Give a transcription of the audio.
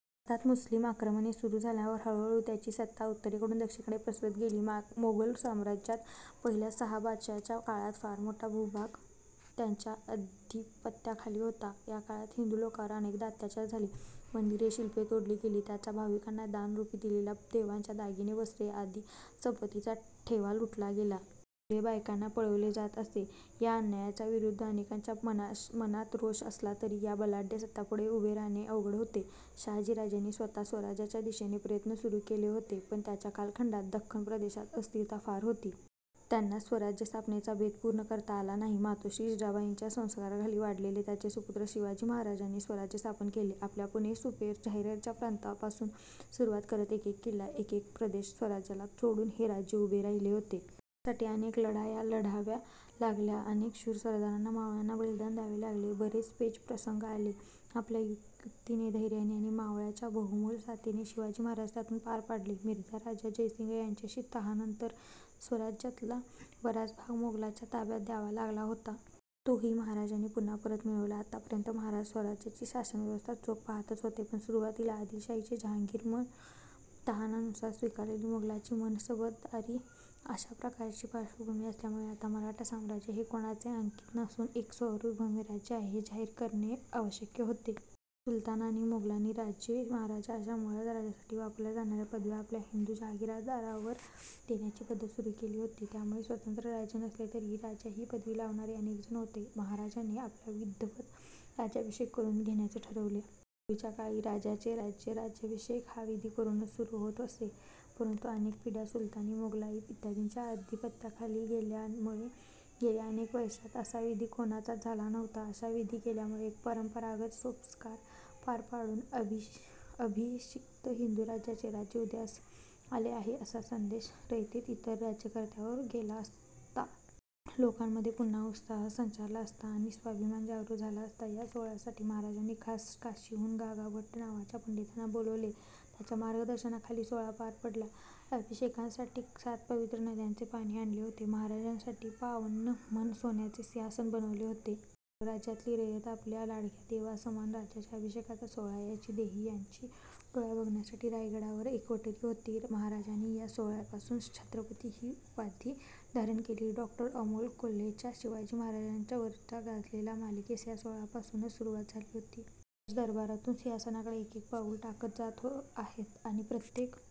भारतात मुस्लिम आक्रमणे सुरु झाल्यावर हळू हळू त्यांची सत्ता उत्तरेकडून दक्षिणेकडे पसरत गेली. मोगल साम्राज्यात पहिल्या सहा बादशहांच्या काळात फार मोठा भूभाग त्यांच्या अधिपत्याखाली होता. याकाळात हिंदू लोकांवर अनेकदा अत्याचार झाले. मंदिरे, शिल्पे तोडली गेली, त्यांचा भाविकांनी दान रुपी दिलेला, देवांच्या दागिने वस्त्रे आदी संपत्तीचा ठेवा लुटला गेला. मुले, बायकांना पळवले जात असे. या अन्यायाच्या विरुद्ध अनेकांच्या मनात रोष असला तरी या बलाढ्य सत्तांपुढे उभे राहणे अवघड होते. शहाजीराजांनी स्वतः स्वराज्याच्या दिशेने प्रयत्न सुरु केले होते पण त्यांच्या कालखंडात दक्खन प्रदेशात अस्थिरता फार होती. त्यांना स्वराज्यस्थापनेचा बेत पूर्ण करता आला नाही. मातोश्री जिजाबाईंच्या संस्कारांखाली वाढलेले त्यांचे सुपुत्र शिवाजी महाराजांनी स्वराज्य स्थापन केले. आपल्या पुणे सुपे जहागिरीच्या प्रांतापासुन सुरूवात करत एक एक किल्ला, एक एक प्रदेश स्वराज्याला जोडत हे राज्य उभे राहिले होते. त्यासाठी अनेक लढाया लढाव्या लागल्या. अनेक शुर सरदारांना, मावळ्यांना बलिदान द्यावे लागले. बरेच पेचप्रसंग आले. आपल्या युक्तीने, धैर्याने आणि मावळ्यांच्या बहुमोल साथीने शिवाजी महाराज त्यातुन पार पडले. मिर्झा राजा जयसिंग याच्याशी तहानंतर स्वराज्यातला बराच भाग मोगलांच्या ताब्यात द्यावा लागला होता. तोही महाराजांनी पुन्हा परत मिळवला. आतापर्यंत महाराज स्वराज्याची शासनव्यवस्था चोख पाहतच होते. पण सुरुवातीला आदिलशाहीचे जहागीरदार, मग तहानुसार स्वीकारलेली मोगलांची मनसबदारी अशा प्रकारची पार्श्वभूमी असल्यामुळे आता मराठा साम्राज्य हे कोणाचे अंकित नसुन एक सार्वभौम राज्य आहे हे जाहीर करणे आवश्यक होते. सुलतान आणि मोगलांनी राजे, महाराजा अशा मुळात राजासाठी वापरल्या जाणाऱ्या पदव्या आपल्या हिंदू जहागीरदारांना देण्याची पद्धत सुरु केली होती. त्यामुळे स्वतंत्र राज्य नसले तरीही राजा हि पदवी लावणारे अनेकजण होते. महाराजांनी आपला विधिवत राज्याभिषेक करून घेण्याचे ठरवले. पूर्वीच्या काळी राजाचे राज्य राज्याभिषेक हा विधी करूनच सुरु होत असे. परंतु अनेक पिढ्या सुलतानी, मोगलाई इत्यादींच्या अधिपत्याखाली गेल्यामुळे गेल्या अनेक वर्षात असा विधी कोणाचाच झाला नव्हता. असा विधी केल्यामुळे एक परंपरागत सोपस्कार पार पाडुन, अभिषिक्त हिंदू राजाचे राज्य उदयास आले आहे असा संदेश रयतेत इतर राज्यकर्त्यांपर्यंत गेला असता. लोकांमध्ये पुन्हा उत्साह संचारला असता आणि स्वाभिमान जागृत झाला असता. या सोहळ्यासाठी महाराजांनी खास काशीहून गागाभट्ट नावाच्या पंडितांना बोलावले. त्यांच्या मार्गदर्शनाखाली सोहळा पार पडला. अभिषेकासाठी सात पवित्र नद्यांचे पाणी आणले होते. महाराजांसाठी बावन्न मण सोन्याचे सिंहासन बनवले होते. सर्व राज्यातली रयत आपल्या लाडक्या देवासमान राजाच्या अभिषेकाचा सोहळा याची देही याची डोळा बघण्यासाठी रायगडावर एकवटली होती. महाराजांनी या सोहळ्यापासुन छत्रपती हि उपाधी धारण केली. डॉ. अमोल कोल्हेंच्या शिवाजी महाराजांवरच्या गाजलेल्या मालिकेस या सोहळ्यापासुनच सुरुवात झाली होती. महाराज दरबारातुन सिंहासनाकडे एक एक पाऊल टाकत जात आहेत आणि प्रत्येक